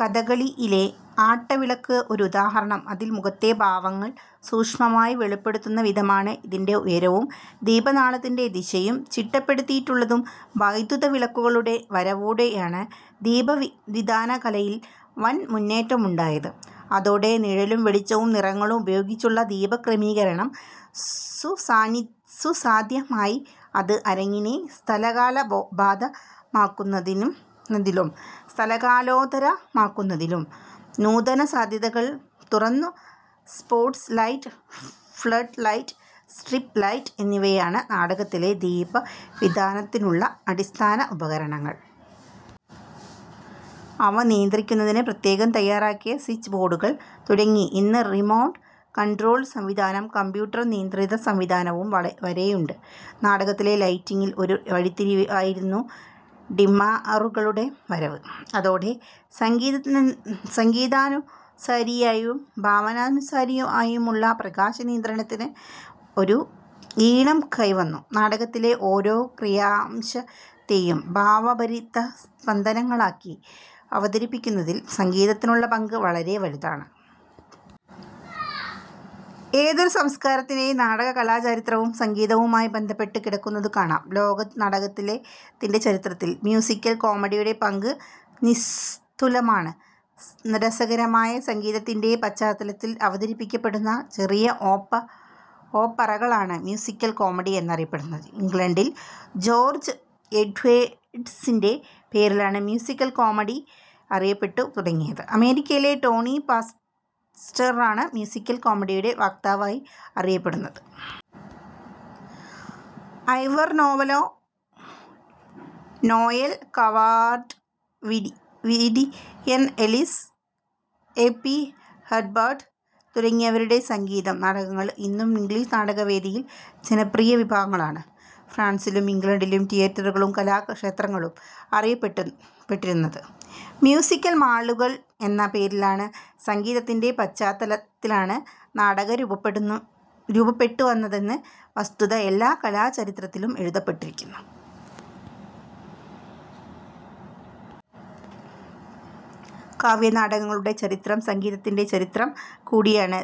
കഥകളിയിലെ ആട്ടവിളക്ക് ഒരുദാഹരണം. അതിൽ മുഖത്തെ ഭാവങ്ങൾ സൂക്ഷ്മമായി വെളിപ്പെടുത്തുംവിധമാണ് ഇതിൻ്റെ ഉയരവും ദീപനാളത്തിൻ്റെ ദിശയും ചിട്ടപ്പെടുത്തിയിട്ടുള്ളത്. വൈദ്യുതവിളക്കുകളുടെ വരവോടെയാണ് ദീപവിതാനകലയിൽ വൻമുന്നേറ്റം ഉണ്ടായത്. അതോടെ നിഴലും വെളിച്ചവും നിറങ്ങളും ഉപയോഗിച്ചുള്ള ദീപക്രമീകരണം സുസാധ്യമായി. അത് അരങ്ങിനെ സ്ഥലകാലബദ്ധമാക്കുന്നതിലും സ്ഥലകാലേതരമാക്കുന്നതിലും നൂതനസാധ്യതകൾ തുറന്നു. സ്പോട്ട്ലൈറ്റ്, ഫ്ലഡ്ലൈറ്റ്, സ്ട്രിപ്പ്ലൈറ്റ് എന്നിവയാണ് നാടകത്തിലെ ദീപവിതാനത്തിനുള്ള അടിസ്ഥാന ഉപകരണങ്ങൾ. അവ നിയന്ത്രിക്കുന്നതിന് പ്രത്യേകം തയ്യാറാക്കിയ സ്വിച്ച്ബോർഡുകൾ തുടങ്ങി, ഇന്ന് റിമോട്ട് കൺട്രോൾ സംവിധാനവും കംപ്യൂട്ടർ നിയന്ത്രിതസംവിധാനവും വരെയുണ്ട്. നാടകത്തിലെ ലൈറ്റിങ്ങിലെ ഒരു വഴിത്തിരിവായിരുന്നു ഡിമ്മറുകളുടെ വരവ്. അതോടെ സംഗീതാനുസാരിയായും ഭാവാനുസാരിയായുമുള്ള പ്രകാശനിയന്ത്രണത്തിന് ഒരു ഈണം കൈവന്നു. നാടകത്തിലെ ഓരോ ക്രിയാംശത്തെയും ഭാവഭരിതസ്പന്ദനങ്ങളാക്കി അവതരിപ്പിക്കുന്നതിൽ സംഗീതത്തിനുള്ള പങ്ക് വളരെ വലുതാണ്. ഏതൊരു സംസ്കാരത്തിൻ്റെ നാടക കലാചരിത്രവും സംഗീതവുമായി ബന്ധപ്പെട്ടു കിടക്കുന്നതുകാണാം. ലോക നാടകത്തിൻ്റെ ചരിത്രത്തിൽ മ്യൂസിക്കൽ കോമഡിയുടെ പങ്ക് നിസ്തുലമാണ്. രസകരമായ സംഗീതത്തിൻ്റെ പശ്ചാത്തലത്തിൽ അവതരിപ്പിക്കപ്പെടുന്ന ചെറിയ ഓപ്പറകളാണ് മ്യൂസിക്കൽ കോമഡി എന്നറിയപ്പെടുന്നത്. ഇംഗ്ലണ്ടിൽ ജോർജ് എഡ്വേഡ്സിൻ്റെ പേരിലാണ് മ്യൂസിക്കൽ കോമഡി അറിയപ്പെട്ടു തുടങ്ങിയത്. അമേരിക്കയിൽ ടോണി പാസ്റ്ററാണ് മ്യൂസിക്കൽ കോമഡിയുടെ വക്താവായി അറിയപ്പെടുന്നത്. Ivor Novello, Noel Coward, Vivian Ellis, A P Herbert തുടങ്ങിയവരുടെ സംഗീത നാടകങ്ങൾ ഇന്നും ഇംഗ്ലീഷ് നാടകവേദിയിൽ ജനപ്രിയ വിഭവങ്ങളാണ്. ഫ്രാൻസിലും ഇംഗ്ലണ്ടിലും തിയേറ്ററുകളും കലാക്ഷേത്രങ്ങളും അറിയപ്പെട്ടിരുന്നത് മ്യൂസിക്കൽ മാളുകൾ എന്ന പേരിലാണ്. സംഗീതത്തിൻ്റെ പശ്ചാത്തലത്തിലാണ് നാടകം രൂപപ്പെട്ടുവന്നതെന്ന വസ്തുത എല്ലാ കലാചരിത്രത്തിലും എഴുതപ്പെട്ടിരിക്കുന്നു. കാവ്യനാടകങ്ങളുടെ ചരിത്രം സംഗീതത്തിൻ്റെ ചരിത്രം കൂടിയാണ്.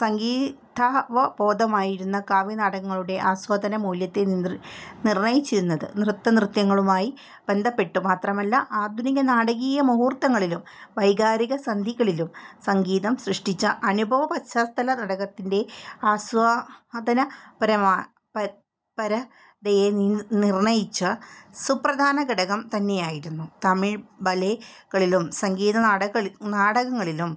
സംഗീതാവബോധമായിരുന്നു കാവ്യനാടകങ്ങളുടെ ആസ്വാദന മൂല്യത്തെ നിർണയിച്ചിരുന്നത്. നൃത്തനൃത്യങ്ങളുമായി ബന്ധപ്പെട്ടു മാത്രമല്ല, ആധുനിക നാടകീയ മുഹൂർത്തങ്ങളിലും വൈകാരിക സന്ധികളിലും സംഗീതം സൃഷ്ടിച്ച അനുഭവപശ്ചാത്തലം നാടകത്തിൻ്റെ ആസ്വാദനപരതയെ നിർണയിച്ച സുപ്രധാനഘടകം തന്നെയായിരുന്നു. തമിഴ് ബാലേകളിലും സംഗീത നാടകങ്ങളിലും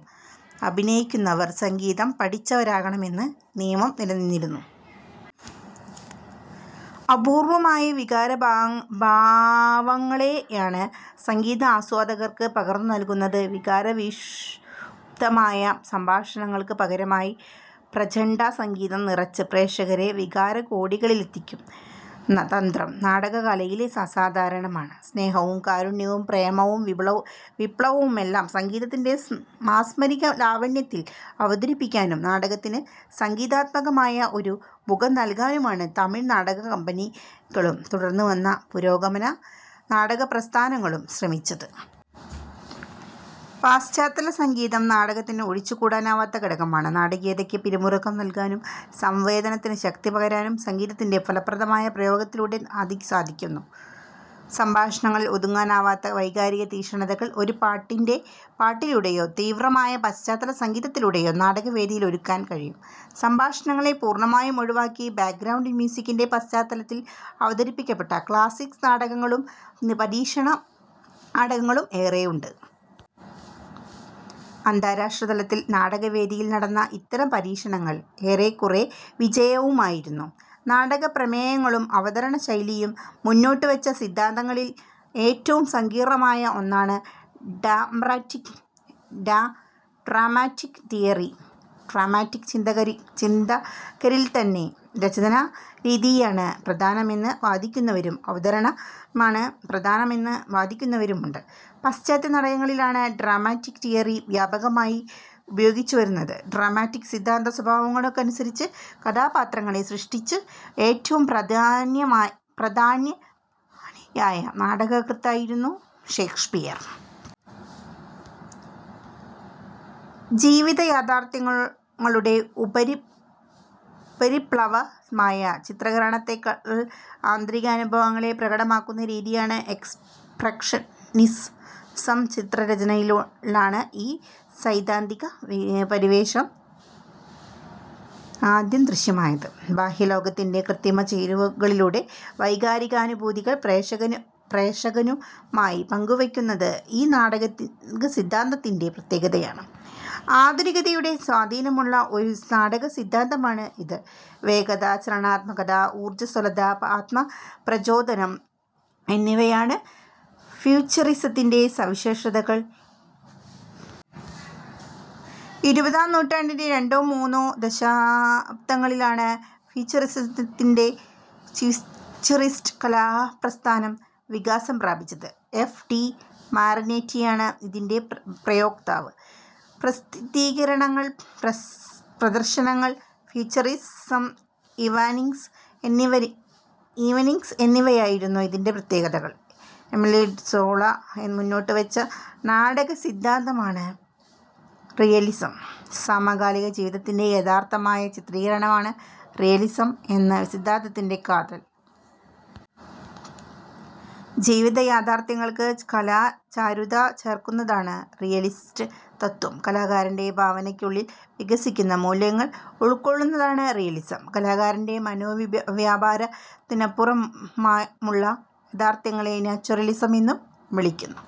അഭിനയിക്കുന്നവർ സംഗീതം പഠിച്ചവരാകണമെന്ന നിയമം നിലനിന്നിരുന്നു. അപൂർവമായ വികാരഭാവങ്ങളെയാണ് സംഗീതം ആസ്വാദകർക്ക് പകർന്നു നൽകുന്നത്. വികാരവിക്ഷുബ്ധമായ സംഭാഷണങ്ങൾക്ക് പകരമായി, പ്രചണ്ഡസംഗീതം നിറച്ച് പ്രേക്ഷകരെ വികാരകോടിയിലെത്തിക്കുന്ന തന്ത്രം നാടകകലയിൽ സാധാരണമാണ്. സ്നേഹവും കാരുണ്യവും പ്രേമവും വിപ്ലവവുമെല്ലാം സംഗീതത്തിൻ്റെ മാസ്മരിക ലാവണ്യത്തിൽ അവതരിപ്പിക്കാനും നാടകത്തിന് സംഗീതാത്മകമായ ഒരു മുഖം നൽകാനുമാണ് തമിഴ് നാടകക്കമ്പനികളും തുടർന്നുവന്ന പുരോഗമന നാടകപ്രസ്ഥാനങ്ങളും ശ്രമിച്ചത്. പശ്ചാത്തല സംഗീതം നാടകത്തിന് ഒഴിച്ചുകൂടാനാവാത്ത ഘടകമാണ്. നാടകീയതയ്ക്ക് പിരിമുറുക്കം നൽകാനും സംവേദനത്തിന് ശക്തി പകരാനും സംഗീതത്തിൻ്റെ ഫലപ്രദമായ പ്രയോഗത്തിലൂടെ സാധിക്കുന്നു. സംഭാഷണങ്ങളിൽ ഒതുക്കാനാവാത്ത വൈകാരിക തീക്ഷ്ണതകൾ ഒരു പാട്ടിലൂടെയോ തീവ്രമായ പശ്ചാത്തല സംഗീതത്തിലൂടെയോ നാടകവേദിയിൽ ഒരുക്കാൻ കഴിയും. സംഭാഷണങ്ങളെ പൂർണമായും ഒഴിവാക്കി, ബാക്ക്ഗ്രൗണ്ട് മ്യൂസിക്കിൻ്റെ പശ്ചാത്തലത്തിൽ അവതരിപ്പിക്കപ്പെട്ട ക്ലാസിക് നാടകങ്ങളും പരീക്ഷണ നാടകങ്ങളും ഏറെയുണ്ട്. അന്താരാഷ്ട്രതലത്തിൽ നാടകവേദിയിൽ നടന്ന ഇത്തരം പരീക്ഷണങ്ങൾ ഏറെക്കുറെ വിജയവുമായിരുന്നു. നാടകപ്രമേയങ്ങളും അവതരണശൈലിയും മുന്നോട്ടുവച്ച സിദ്ധാന്തങ്ങളിൽ ഏറ്റവും സങ്കീർണമായ ഒന്നാണ് ഡ്രമാറ്റിക് തിയറി. ഡ്രമാറ്റിക് ചിന്തകരിൽത്തന്നെ രചനാരീതിയാണ് പ്രധാനമെന്ന് വാദിക്കുന്നവരും അവതരണമാണ് പ്രധാനമെന്ന് വാദിക്കുന്നവരുമുണ്ട്. പാശ്ചാത്യ നാടകങ്ങളിലാണ് ഡ്രമാറ്റിക് തിയറി വ്യാപകമായി പ്രയോഗിച്ചുവരുന്നത്. ഡ്രമാറ്റിക് സിദ്ധാന്ത സ്വഭാവങ്ങൾക്കനുസരിച്ച് കഥാപാത്രങ്ങളെ സൃഷ്ടിച്ച ഏറ്റവും പ്രധാനിയായ നാടകകൃത്തായിരുന്നു ഷെയ്ക്സ്പിയർ. ജീവിത യാഥാർഥ്യങ്ങളുടെ ഉപരിപ്ലവമായ ചിത്രീകരണത്തെക്കാൾ ആന്തരികാനുഭവങ്ങളെ പ്രകടമാക്കുന്ന രീതിയാണ് എക്സ്പ്രഷനിസം. ചിത്രരചനയിലാണ് ഈ സൈദ്ധാന്തിക പരിവേഷം ആദ്യം ദൃശ്യമായത്. ബാഹ്യലോകത്തിൻ്റെ കൃത്രിമച്ചേരുവകളിലൂടെ വൈകാരികാനുഭൂതികൾ പ്രേക്ഷകനുമായി പങ്കുവയ്ക്കുന്നത് ഈ നാടകസിദ്ധാന്തത്തിൻ്റെ പ്രത്യേകതയാണ്. ആധുനികതയുടെ സ്വാധീനമുള്ള ഒരു നാടകസിദ്ധാന്തമാണ് ഇത്. വേഗത, ചലനാത്മകത, ഊർജസ്വലത, ആത്മപ്രചോദനം എന്നിവയാണ് ഫ്യൂച്ചറിസത്തിൻ്റെ സവിശേഷതകൾ. ഇരുപതാം നൂറ്റാണ്ടിൻ്റെ രണ്ടും മൂന്നും ദശാബ്ദങ്ങളിലാണ് ഫ്യൂച്ചറിസ്റ്റ് കലാപ്രസ്ഥാനം വികാസം പ്രാപിച്ചത്. എഫ് ടി മറിനെറ്റിയാണ് ഇതിൻ്റെ പ്രയോക്താവ്. പ്രസിദ്ധീകരണങ്ങൾ, പ്രദർശനങ്ങൾ, ഫ്യൂച്ചറിസ്റ്റ് ഈവനിങ്സ് എന്നിവയായിരുന്നു ഇതിൻ്റെ പ്രത്യേകതകൾ. എമിലി സോള മുന്നോട്ടുവച്ച നാടകസിദ്ധാന്തമാണ് റിയലിസം. സമകാലിക ജീവിതത്തിൻ്റെ യഥാതഥമായ ചിത്രീകരണമാണ് റിയലിസം എന്ന സിദ്ധാന്തത്തിൻ്റെ കാതൽ. ജീവിതയാഥാർഥ്യങ്ങൾക്ക് കലാചാരുത ചേർക്കുന്നതാണ് റിയലിസ്റ്റ് തത്ത്വം. കലാകാരൻ്റെ ഭാവനയ്ക്കുള്ളിൽ വികസിക്കുന്ന മൂല്യങ്ങൾ ഉൾക്കൊള്ളുന്നതാണ് റിയലിസം. കലാകാരൻ്റെ മനോവ്യാപാരത്തിനപ്പുറമുള്ള യാഥാർഥ്യങ്ങളെ നാച്വറലിസം എന്ന് വിളിക്കുന്നു.